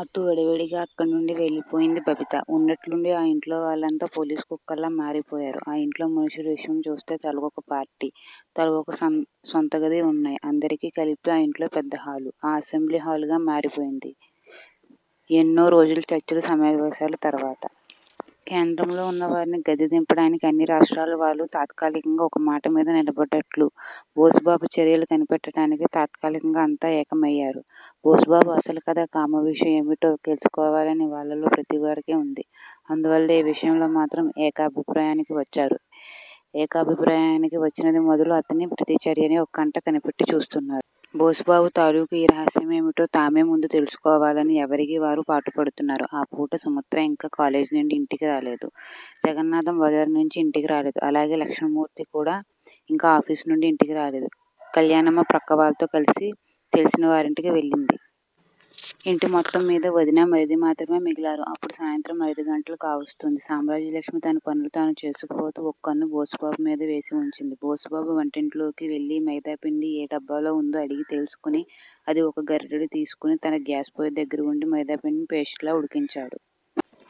అట్టు వడివడిగా అక్కడి నుండి వెళ్ళిపోయింది బబిత. ఉన్నట్లుండి ఆ యింట్లో వాళ్ళంతా పోలీసు కుక్కల్లా మారిపోయారు. ఆ యింట్లో మనుషుల విషయం చూస్తే తలకొక పార్టీ, తలావొక సొంతగది వున్నాయి. అందరికీ కలిపి ఆ యింట్లో పెద్దహాలు. ఆ అసెంబ్లీ హాలులాగా మారిపోయింది. ఎన్నో రోజుల చర్చలూ, సమావేశాలు తరువాత. కేంద్రంలో వున్న వారిని గద్దెదింపటానికి అన్ని రాష్ట్రాల వాళ్లూ తాత్కాలికంగా ఒకమాట మీద నిలబడ్డట్లు, బోసుబాబు చర్యలు కనిపెట్టటానికి, తాత్కాలికంగా అంతా ఏకమయ్యారు. బోసుబాబు అసలు కథా కమావిషు ఏమిటో తెలుసుకోవాలని వాళ్ళల్లో ప్రతివారికీ వుంది. అందువల్ల ఈ విషయంలో మాత్రం ఏకాభిప్రాయానికి వచ్చారు. ఏకాభిప్రాయానికి వచ్చినది మొదలు అతని ప్రతి చర్యనీ ఒకకంట కనిపెట్టి చూస్తున్నారు. బోసుబాబు తాలూకా ఈ రహస్యమేమిటో తామే ముందు తెలుసుకోవాలని ఎవరికి వారు పాటుపడుతున్నారు. ఆ పూట. సుమిత్ర ఇంకా కాలేజీ నుండీ ఇంటికిరాలేదు. జగన్నాధం బజారునుంచీ ఇంటికి రాలేదు. అలాగే లక్ష్మణమూర్తి ఇంకా ఆఫీసునుండీ ఇంటికి రాలేదు. కల్యాణమ్మ ప్రక్కవాళ్ళతో కలిసి తెలిసిన వారింటికి వెళ్ళింది. ఇంటి మొత్తం మీద వదినా, మరిది మాత్రమే మిగిలారు. అప్పుడు సాయంత్రం అయిదు గంటలు కావస్తుంది. సామ్రాజ్యలక్ష్మి తన పనులు తాను చేసుకుపోతూ ఓ కన్ను బోసుబాబు మీద వేసి వుంచింది. బోసుబాబు వంటింట్లోకి వెళ్ళి మైదాపిండి ఏ డబ్బాలో వుందో అడిగి తెలుసుకుని అది ఒక గరిటెడు తీసుకుని, తనే గ్యాస్ పొయ్యి దగ్గరవుండి మైదాపిండిని పేస్ట్ లా ఉడికించాడు.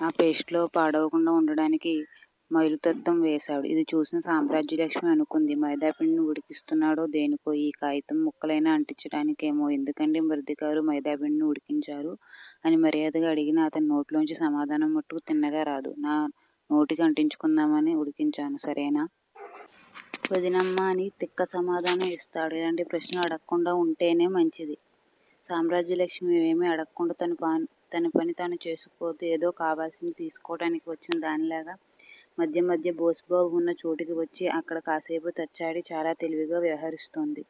ఆ పేస్ట్ లో పాడవకుండా వుండటానికి మైలుతుత్తం వేశాడు. ఇది చూసిన సామ్రాజ్యలక్ష్మి అనుకుంది. మైదాపిండిని ఉడికిస్తున్నాడు దేనికో? ఏ కాయితం ముక్కలయినా అంటించటానికేమో? ఎందుకండీ మరిదిగారూ! మైదాపిండిని ఉడికించారు అని మర్యాదగా అడిగినా అతని నోటిలోంచి సమాధానం మటుకు తిన్నగా రాదు. నా నోటికి అంటించుకుందామని ఉడికించాను సరేనా? వదినమ్మా! అని తిక్క సమాధానం ఇస్తాడు. ఇలాంటి ప్రశ్నలు అడక్కుండా వుంటేనే మంచిది. సామ్రాజ్యలక్ష్మి ఇవేమీ అడకుండా తనపాని తనపని తను చేసుకుపోతూ ఏదో కావాల్సింది తీసుకోటానికి వచ్చిన దానిలాగా మధ్య మధ్య బోసుబాబు వున్న చోటుకి వచ్చి అక్కడ కాసేపు తచ్చాడి చాలా తెలివిగా వ్యవహరిస్తోంది.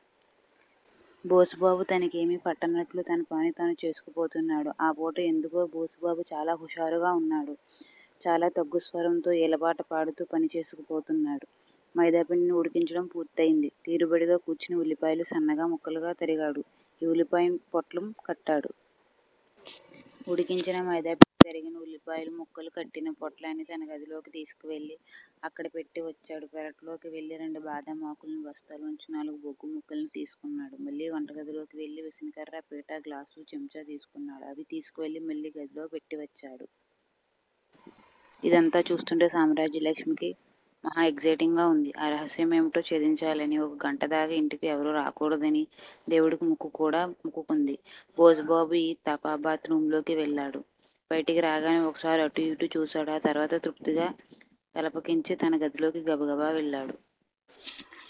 బోసుబాబు తనకేమీ పట్టనట్లు తన పని తాను చేసుకుపోతున్నాడు. ఆ పూట ఎందుకో బోసుబాబు చాలా హుషారుగా వున్నాడు. చాలా తగ్గుస్వరంతో ఈలపాట పాడుతూ పని చేసుకుపోతున్నాడు. మైదాపిండిని ఉడికించడం పూర్తయింది. తీరుబడిగా కూర్చుని ఉల్లిపాయలు సన్నగా ముక్కలు తరిగాడు. ఆ ఉల్లిపాయని పొట్లం కట్టాడు. ఉడికించిన మైదాపిండిని తరిగిన ఉల్లిపాయ ముక్కలు కట్టిన పొట్లాన్ని తన గదిలోకి తీసుకెళ్ళి అక్కడ పెట్టి వచ్చాడు. పెరటిలోకి వెళ్ళి రెండు బాదం ఆకుల్ని బస్తాలోంచి నాలుగు బొగ్గు ముక్కల్ని తీసుకున్నాడు. మళ్ళీ వంటగదిలోకి వెళ్ళి విసనకర్రా, పీటా, గ్లాసూ చెంచా తీసుకున్నాడు. అవి తీసుకువెళ్ళి మళ్ళీ గదిలో పెట్టి వచ్చాడు. ఇదంతా చూస్తుంటే, సామ్రాజ్యలక్ష్మికి మహాయగ్జేటింగా వుంది. ఆ రహస్యమేమిటో ఛేదించాలని. ఓ గంటదాకా ఇంటికి ఎవరూ రాకూడదని దేవుడికి మొక్కు కూడా మొక్కుకుంది. బోసుబాబు ఈ తఫా బాత్ రూమ్ లోకి వెళ్ళాడు. బయటకి రాంగానే ఒకసారి అటూ ఇటూ చూశాడు ఆ తరువాత తృప్తిగా తలపకించి తన గదిలోకి గబగబా వెళ్లాడు.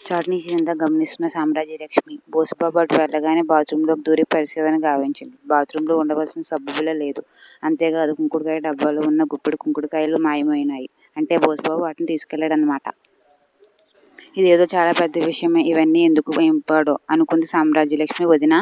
చాటునుంచీ ఇదంతా గమనిస్తున్న సామ్రాజ్యలక్ష్మి. బోసుబాబు అటు వెళ్ళగానే బాత్ రూమ్ లో దూరి పరిశోధన గావించింది. బాత్ రూమ్ లో వుండవలసిన సబ్బుబిళ్ళ లేదు. అంతే కాదు కుంకుడుకాయ డబ్బాలో వున్న గుప్పెడు కుంకుడు కాయలు మాయమయినాయి. అంటే బోసుబాబు వాటిని తీసుకె ళ్ళాడన్న మాట. ఇదేదో చాలా పెద్ద విషయమే. ఇవన్నీ ఎందుకో ఏంపాడో? అనుకుంది సామ్రాజ్యలక్ష్మి. వదినా!